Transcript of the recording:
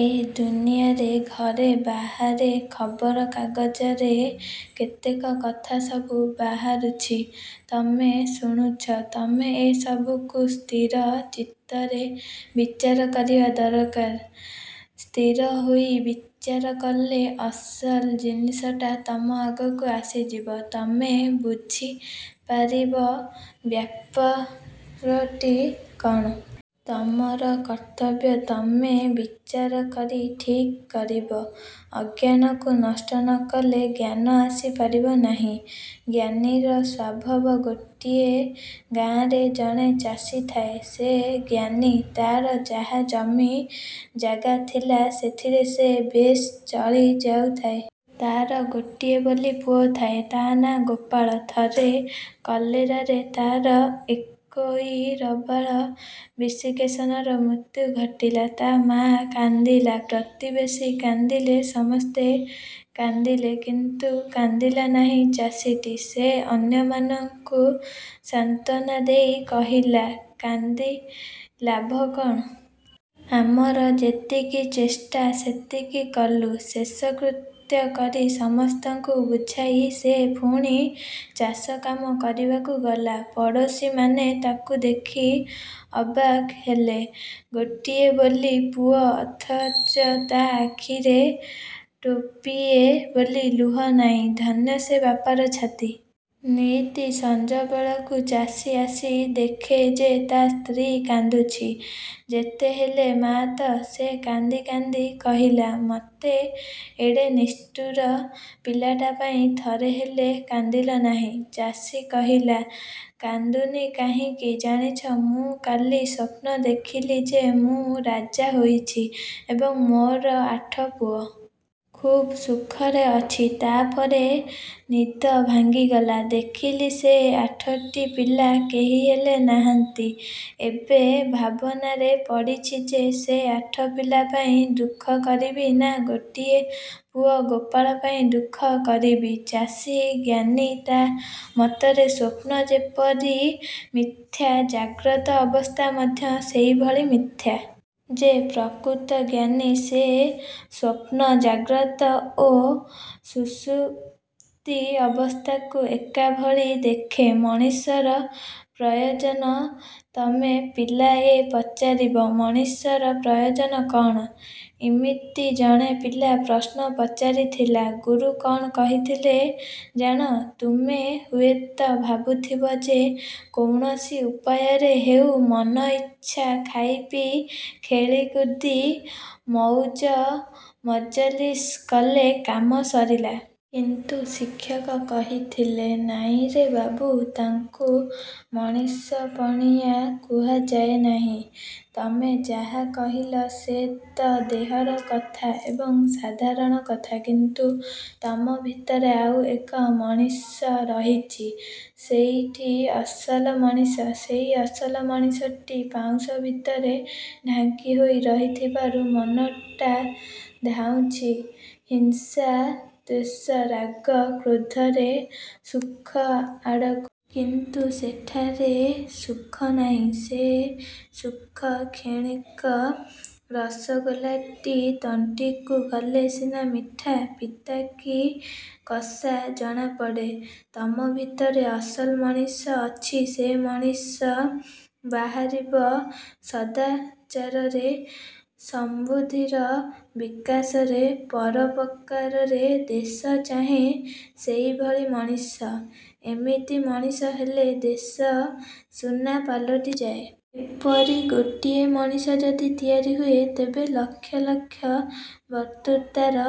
ଏ ଦୁନିଆରେ ଘରେ ବାହାରେ, ଖବରକାଗଜରେ କେତେକ କଥା ସବୁ ବାହାରୁଛି, ତମେ ଶୁଣୁଛ। ତମେ ଏ ସବୁକୁ ସ୍ଥିର ଚିତ୍ତରେ ବିଚାର କରିବା ଦରକାର। ସ୍ଥିର ହୋଇ ବିଚାର କଲେ ଅସଲ ଜିନିଷଟା ତମ ଆଗକୁ ଆସିଯିବ। ତମେ ବୁଝି ପାରିବ ବ୍ୟାପାରଟି କଣ? ତମର କର୍ତ୍ତବ୍ୟ ତମେ ବିଚାରକରି ଠିକ୍ କରିବ। ଅଜ୍ଞାନକୁ ନଷ୍ଟ ନ କଲେ ଜ୍ଞାନ ଆସି ପାରିବ ନାହିଁ। ଜ୍ଞାନୀର ସ୍ୱଭାବ ଗୋଟିଏ ଗାଁରେ ଜଣେ ଚାଷୀ ଥାଏ। ସେ ଜ୍ଞାନୀ। ତାର ଯାହା ଜମି ଜାଗା ଥିଲା, ସେଥିରେ ସେ ବେଶ୍ ଚଳି ଯାଉଥାଏ। ତା'ର ଗୋଟିଏ ବୋଲି ପୁଅ ଥାଏ। ତା' ନାଁ ଗୋପାଳ। ଥରେ କଲେରାରେ ତା'ର ଏକୋଇରବଳା ବିଶିକେଶନର ମୃତ୍ୟୁ ଘଟିଲା। ତା' ମା କାନ୍ଦିଲା, ପ୍ରତିବେଶୀ କାନ୍ଦିଲେ, ସମସ୍ତେ କାନ୍ଦିଲେ କିନ୍ତୁ କାନ୍ଦିଲା ନାହିଁ ଚାଷୀଟି। ସେ ଅନ୍ୟମାନଙ୍କୁ ସାନ୍ତ୍ୱନା ଦେଇ କହିଲା-'କାନ୍ଦି ଲାଭ କ'ଣ? ଆମର ଯେତିକି ଚେଷ୍ଟା, ସେତିକି କଲୁଁ। ' ଶେଷକୃତ୍ୟ କରି ସମସ୍ତଙ୍କୁ ବୁଝାଇ ସେ ପୁଣି ଚାଷ କାମ କରିବାକୁ ଗଲା। ପଡ଼ୋଶୀମାନେ ତାକୁ ଦେଖି ଅବାକ୍ ହେଲେ। ଗୋଟିଏ ବୋଲି ପୁଅ, ଅଥଚ ତା' ଆଖିରେ ଟୋପିଏ ବୋଲି ଲୁହ ନାହିଁ। ଧନ୍ୟ ସେ ବାପର ଛାତି! ନିତି ସଞ୍ଜବେଳକୁ ଚାଷୀ ଆସି ଦେଖେ ଯେ ତା' ସ୍ତ୍ରୀ କାନ୍ଦୁଛି। ଯେତେହେଲେ ମା'ତ। ସେ କାନ୍ଦି କାନ୍ଦି କହିଲା-''ତମେ ଏଡ଼େ ନିଷ୍ଠୁର। ପିଲାଟା ପାଇଁ ଥରେ ହେଲେ କାନ୍ଦିଲ ନାହିଁ? '' ଚାଷୀ କହିଲା, ''କାନ୍ଦୁନି କାହିଁକି ଜାଣିଛ? ମୁଁ କାଲି ସ୍ୱପ୍ନ ଦେଖିଲି ଯେ ମୁଁ ରାଜା ହୋଇଛି ଏବଂ ମୋର ଆଠ ପୁଅ। ଖୁବ୍ ସୁଖରେ ଅଛି। ତା'ପରେ ନିଦ ଭାଙ୍ଗିଗଲା। ଦେଖିଲି ସେ ଆଠଟି ପିଲା କେହି ହେଲେ ନାହାନ୍ତି। ଏବେ ଭାବନାରେ ପଡ଼ିଛି ଯେ ସେ ଆଠ ପିଲା ପାଇଁ ଦୁଃଖ କରିବି ନା ଗୋଟିଏ ପୁଅ ଗୋପାଳ ପାଇଁ ଦୁଃଖ କରିବି। '' ଚାଷୀ ଜ୍ଞାନୀ-ତା' ମତରେ ସ୍ୱପ୍ନ ଯେପରି ମିଥ୍ୟା, ଜାଗ୍ରତ ଅବସ୍ଥା ମଧ୍ୟ ସେହିଭଳି ମିଥ୍ୟା-। ଯେ ପ୍ରକୃତ ଜ୍ଞାନୀ, ସେ ସ୍ୱପ୍ନ, ଜାଗ୍ରତ ଓ ସୁଷୁପ୍ତି ଅବସ୍ଥାକୁ ଏକାଭଳି ଦେଖେ। ମଣିଷର ପ୍ରୟୋଜନ ତମେ ପିଲାଏ ପଚାରିବ, ମଣିଷର ପ୍ରୟୋଜନ କଣ? ଇମିତି ଜଣେ ପିଲା ପ୍ରଶ୍ନ ପଚାରିଥିଲା। ଗୁରୁ କ'ଣ କହିଥିଲେ ଜାଣ! ତୁମେ ହୁଏତ ଭାବୁଥିବ, ଯେ କୌଣସି ଉପାୟରେ ହେଉ, ମନଇଚ୍ଛା ଖାଇପିଇ, ଖେଳିକୁଦି, ମଉଜମଜଲିସ କଲେ କାମ ସରିଲା। କିନ୍ତୁ ଶିକ୍ଷକ କହିଥିଲେ-''ନାଇଁରେ ବାବୁ, ତାକୁ ମଣିଷପଣିଆ କୁହାଯାଏ ନାହିଁ। ତମେ ଯାହା କହିଲ ସେ ତ ଦେହର କଥା ଏବଂ ସାଧାରଣ କଥା; କିନ୍ତୁ ତମ ଭିତରେ ଆଉ ଏକ ମଣିଷ ରହିଛି; ସେଇଟି ଅସଲ ମଣିଷ। ସେଇ ଅସଲ ମଣିଷଟି ପାଉଁଶ ଭିତରେ ଢାଙ୍କି ହୋଇ ରହିଥିବାରୁ ମନଟା ଧାଉଁଛି ହିଂସା, ଦ୍ୱେଷ ରାଗ-କ୍ରୋଧରେ ସୁଖ ଆଡ଼କୁ। କିନ୍ତୁ ସେଠାରେ ସୁଖ ନାହିଁ। ସେ ସୁଖ କ୍ଷଣିକ। ରସଗୋଲାଟି ତଣ୍ଟିକୁ ଗଲେ ସିନା ମିଠା, ପିତା କି କଷା ଜଣାପଡ଼େ। ତମ ଭିତରେ ଅସଲ ମଣିଷ ଅଛି। ସେ ମଣିଷ ବାହାରିବ ସଦାଚାରରେ, ସଦ୍ବୁଦ୍ଧିର ବିକାଶରେ, ପରୋପକାରରେ। ଦେଶ ଚାହେଁ ସେଇଭଳି ମଣିଷ। ଏମିତି ମଣିଷ ହେଲେ ଦେଶ ସୁନା ପାଲଟିଯାଏ। ଏପରି ଗୋଟିଏ ମଣିଷ ଯଦି ତିଆରି ହୁଏ,। ତେବେ ଲକ୍ଷ ଲକ୍ଷ ବକ୍ତୃତାର